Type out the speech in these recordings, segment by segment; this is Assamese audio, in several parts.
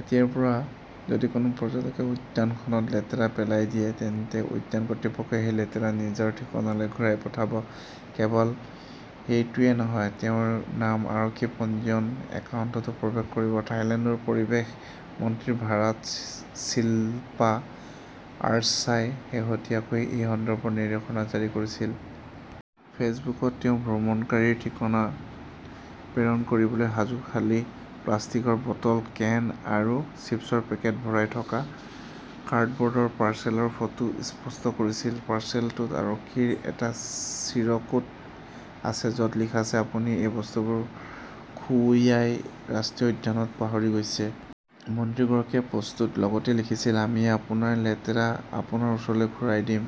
এতিয়াৰ পৰা, যদি কোনো পৰ্যটকে উদ্যানখনত লেতেৰা পেলাই দিয়ে, তেন্তে উদ্যান কৰ্তৃপক্ষই সেই লেতেৰা নিজৰ ঠিকনালৈ ঘূৰাই পঠাব। কেৱল সেইটোৱেই নহয়, তেওঁৰ নাম আৰক্ষীৰ পঞ্জীয়ন একাউণ্টতো প্ৰৱেশ কৰিব। থাইলেণ্ডৰ পৰিৱেশ মন্ত্ৰী ভাৰাট চিল্পা আৰ্চাই শেহতীয়াকৈ এই সন্দৰ্ভত নিৰ্দেশনা জাৰি কৰিছিল। ফেচবুকত তেওঁ ভ্ৰমণকাৰীৰ ঠিকনা প্ৰেৰণ কৰিবলৈ সাজু খালী প্লাষ্টিকৰ বটল, কেন আৰু চিপছৰ পেকেট ভৰাই থকা কাৰ্ডব'ৰ্ডৰ পাৰ্চেলৰ ফটো পোষ্ট কৰিছিল। পাৰ্চেলটোত আৰক্ষীৰ এটা চিৰকুট আছে য 'ত লিখা আছে,' আপুনি এই বস্তুবোৰ খো য়াই ৰাষ্ট্ৰীয় উদ্যানত পাহৰি গৈছে '। মন্ত্ৰীগৰাকীয়ে পোষ্টটোত লগতে লিখিছিল, "আমি আপোনাৰ লেতেৰা আপোনাৰ ওচৰলৈ ঘূৰাই দিম।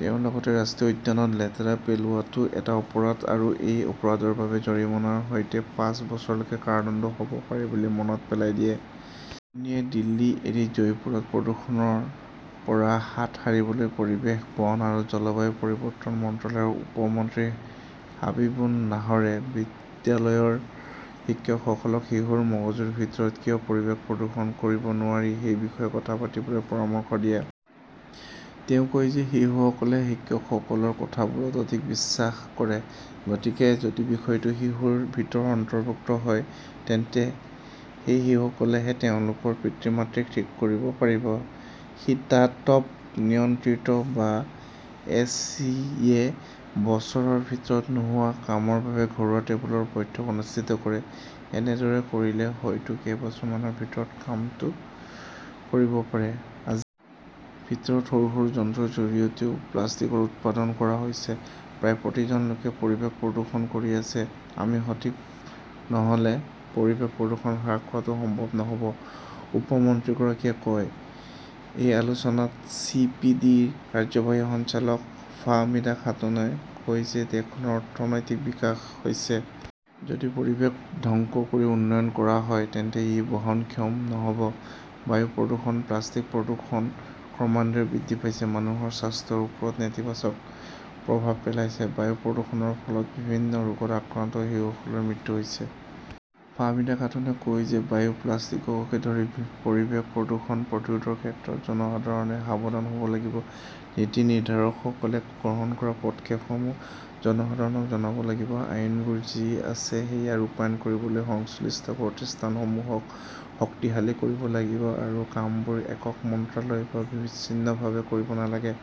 "তেওঁ লগতে ৰাষ্ট্ৰীয় উদ্যানত লেতেৰা পেলোৱাটো এটা অপৰাধ আৰু এই অপৰাধৰ বাবে জৰিমনাৰ সৈতে পাঁচ বছৰলৈকে কাৰাদণ্ড হ'ব পাৰে বুলি মনত পেলাই দিয়ে। সুন্নীয়ে দিল্লী এৰি জয়পুৰত প্ৰদূষণৰ পৰা হাত সাৰিবলৈ পৰিৱেশ, বন আৰু জলবায়ু পৰিৱৰ্তন মন্ত্ৰালয়ৰ উপ মন্ত্ৰী হাবিবুন নাহৰে বিদ্যালয়ৰ শিক্ষকসকলক শিশুৰ মগজুৰ ভিতৰত কিয় পৰিৱেশ প্ৰদূষণ কৰিব নোৱাৰি সেই বিষয়ে কথা পাতিবলৈ পৰামৰ্শ দিয়ে। তেওঁ কয় যে শিশুসকলে শিক্ষকসকলৰ কথাবোৰত অধিক বিশ্বাস কৰে। গতিকে যদি বিষয়টো শিশুৰ ভিতৰত অন্তৰ্ভুক্ত হয়, তেন্তে এই শিশুসকলেহে তেওঁলোকৰ পিতৃ-মাতৃক ঠিক কৰিব পাৰিব। শীতাতপ নিয়ন্ত্ৰিত বা এ. চি. -য়ে বছৰৰ ভিতৰত নোহোৱা কামৰ বাবে ঘৰুৱা টেবুলৰ বৈঠক অনুষ্ঠিত কৰে, এনেদৰে কৰিলে হয়তো কেইবছৰমানৰ ভিতৰতে কামটো কৰিব পাৰে। আজি ভিতৰত সৰু সৰু যন্ত্ৰৰ জৰিয়তেও প্লাষ্টিক উৎপাদন কৰা হৈছে। প্ৰায় প্ৰতিজন লোকে পৰিৱেশ প্ৰদূষণ কৰি আছে, আমি সঠিক নহ'লে পৰিৱেশ প্ৰদূষণ হ্ৰাস কৰাটো সম্ভৱ নহ'ব, উপ- মন্ত্ৰীগৰাকীয়ে কয়। এই আলোচনাত চি. পি. ডি. -ৰ কাৰ্যবাহী সঞ্চালক ফাহমিদা খাতুনই কয় যে দেশখনৰ অৰ্থনৈতিক বিকাশ হৈছে। যদি পৰিৱেশ ধ্বংস কৰি উন্নয়ন কৰা হয় তেন্তে ই বহনক্ষম নহ'ব। বায়ু প্ৰদূষণ, প্লাষ্টিক প্ৰদূষণ ক্ৰমান্বয়ে বৃদ্ধি পাইছে। মানুহৰ স্বাস্থ্যৰ ওপৰত নেতিবাচক প্ৰভাৱ পেলাইছে। বায়ু প্ৰদূষণৰ ফলত বিভিন্ন ৰোগত আক্ৰান্ত হৈ শিশুসকলৰ মৃত্যু হৈছে। ফাহমিদা খাতুনে কয় যে বায়ু, প্লাষ্টিককে ধৰি পৰিৱেশ প্ৰদূষণ প্ৰতিৰোধৰ ক্ষেত্ৰত জনসাধাৰণে সাৱধান হ'ব লাগিব। নীতি নিৰ্ধাৰকসকলে গ্ৰহণ কৰা পদক্ষেপসমূহ জনসাধাৰণক জনাব লাগিব। আইনবোৰ যি আছে সেয়া ৰূপায়ণ কৰিবলৈ সংশ্লিষ্ট প্ৰতিষ্ঠানসমূহক শক্তিশালী কৰিব লাগিব আৰু কামবোৰ একক মন্ত্ৰালয় বা বিচ্ছিন্নভাৱে কৰিব নালাগে।